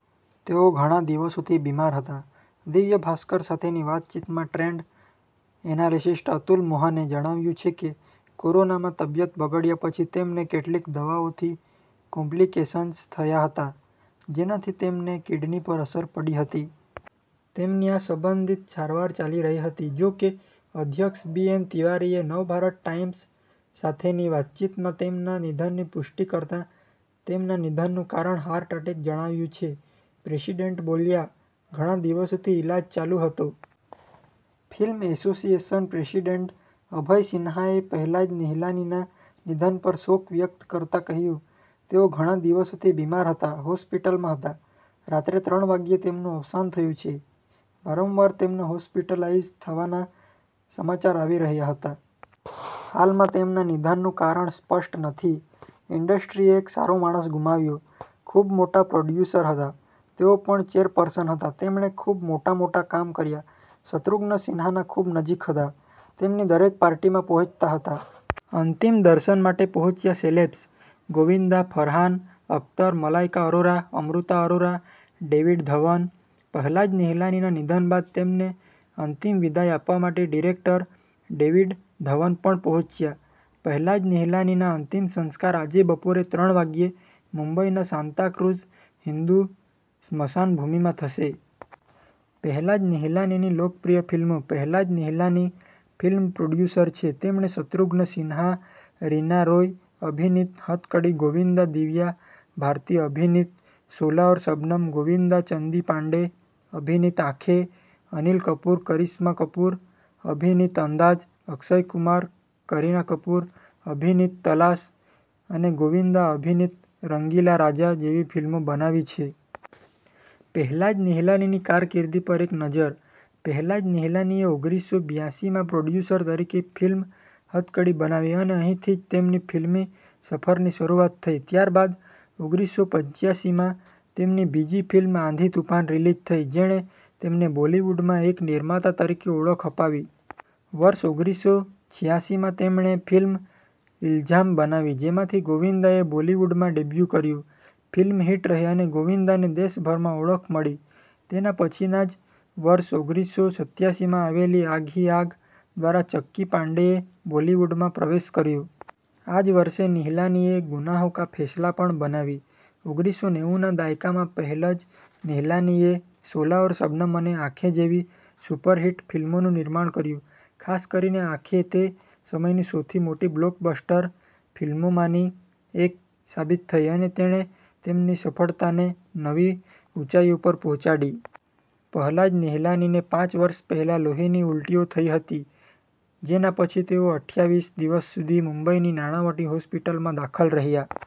તેઓ ઘણા દિવસોથી બીમાર હતા. દિવ્ય ભાસ્કર સાથેની વાતચીતમાં ટ્રેડ એનાલિસ્ટ અતુલ મોહને જણાવ્યું છે કે, "કોરોનામાં તબિયત બગડ્યા પછી તેમને કેટલીક દવાઓથી કોમ્પ્લિકેશન્સ થયા હતા, જેનાથી તેમની કિડની પર અસર પડી હતી. તેમની આ સંબંધિત સારવાર ચાલી રહી હતી." જોકે, અધ્યક્ષ બી. એન. તિવારીએ નવભારત ટાઈમ્સ સાથેની વાતચીતમાં તેમના નિધનની પુષ્ટિ કરતા તેમના નિધનનું કારણ હાર્ટ એટેક જણાવ્યું છે. પ્રેસિડેન્ટ બોલ્યા, "ઘણા દિવસોથી ઇલાજ ચાલુ હતો." ફિલ્મ એસોસિએશન પ્રેસિડેન્ટ અભય સિંહાએ પહલાજ નિહલાનીના નિધન પર શોક વ્યક્ત કરતા કહ્યું, "તેઓ ઘણા દિવસોથી બીમાર હતા, હોસ્પિટલમાં હતા. રાત્રે ત્રણ વાગ્યે તેમનું અવસાન થયું છે. વારંવાર તેમના હોસ્પિટલાઇઝ થવાના સમાચાર આવી રહ્યા હતા. હાલમાં તેમના નિધનનું કારણ સ્પષ્ટ નથી." ઇન્ડસ્ટ્રીએ એક સારો માણસ ગુમાવ્યો. ખૂબ મોટા પ્રોડ્યુસર હતા. તેઓ પણ ચેરપર્સન હતા. તેમણે ખૂબ મોટા-મોટા કામ કર્યા. શત્રુઘ્ન સિંહાના ખૂબ નજીક હતા, તેમની દરેક પાર્ટીમાં પહોંચતા હતા. અંતિમ દર્શન માટે પહોંચ્યાં સેલેબ્સ:- ગોવિંદા, ફરહાન, અખ્તર, મલાઈકા અરોરા, અમૃતા અરોરા, ડેવિડ ધવન. પહલાજ નિહલાનીના નિધન બાદ તેમને અંતિમ વિદાય આપવા માટે ડિરેક્ટર ડેવિડ ધવન પણ પહોંચ્યા. પહલાજ નિહલાનીના અંતિમ સંસ્કાર આજે બપોરે ત્રણ વાગ્યે મુંબઈના સાન્તાક્રુઝ હિંદુ સ્મશાનભૂમિમાં થશે. પહલાજ નિહલાનીની લોકપ્રિય ફિલ્મો:- પહલાજ નિહલાની ફિલ્મ પ્રોડ્યુસર છે. તેમણે શત્રુઘ્ન સિંહા-રીના રોય અભિનીત 'હથકડી', ગોવિંદા-દિવ્યા ભારતી અભિનીત 'શોલા ઔર શબનમ', ગોવિંદા-ચંકી પાંડે અભિનીત 'આંખેં', અનિલ કપૂર-કરિશ્મા કપૂર અભિનીત 'અંદાઝ', અક્ષય કુમાર-કરીના કપૂર અભિનીત 'તલાશ', અને ગોવિંદા અભિનીત 'રંગીલા રાજા' જેવી ફિલ્મો બનાવી છે. પહલાજ નિહલાનીની કારકિર્દી પર એક નજર:- પહલાજ નિહલાનીએ ઓગરીસો બિયાસી માં પ્રોડ્યુસર તરીકે ફિલ્મ 'હથકડી' બનાવી અને અહીંથી જ તેમની ફિલ્મી સફરની શરૂઆત થઈ. ત્યારબાદ ઓગરીસો પંચ્યાસીમાં તેમની બીજી ફિલ્મ 'આંધી-તૂફાન' રિલીઝ થઈ, જેણે તેમને બોલિવૂડમાં એક નિર્માતા તરીકે ઓળખ અપાવી. વર્ષ ઓગરીસો છીયાસી માં તેમણે ફિલ્મ 'ઇલ્ઝામ' બનાવી, જેનાથી ગોવિંદાએ બોલિવૂડમાં ડેબ્યૂ કર્યું. ફિલ્મ હિટ રહી અને ગોવિંદાને દેશભરમાં ઓળખ મળી. તેના પછીના જ વર્ષ ઓગરીસો સત્યાસીમાં આવેલી 'આગ હી આગ' દ્વારા ચંકી પાંડેએ બોલિવૂડમાં પ્રવેશ કર્યો. આ જ વર્ષે નિહલાનીએ 'ગુનાહો કા ફૈસલા' પણ બનાવી. ઓગરીસો નેવું ના દાયકામાં પહેલજ નિહલાનીએ 'શોલા ઔર શબનમ' અને 'આંખે' જેવી સુપરહિટ ફિલ્મોનું નિર્માણ કર્યું. ખાસ કરીને 'આંખે' તે સમયની સૌથી મોટી બ્લોકબસ્ટર ફિલ્મોમાંની એક સાબિત થઈ અને તેણે તેમની સફળતાને નવી ઊંચાઈઓ પર પહોંચાડી. પહલાજ નિહલાનીને પાંચ વર્ષ પહેલા લોહીની ઊલટીઓ થઈ હતી, જેના પછી તેઓ અઠયાવીસ દિવસ સુધી મુંબઈની નાણાવટી હોસ્પિટલમાં દાખલ રહ્યા.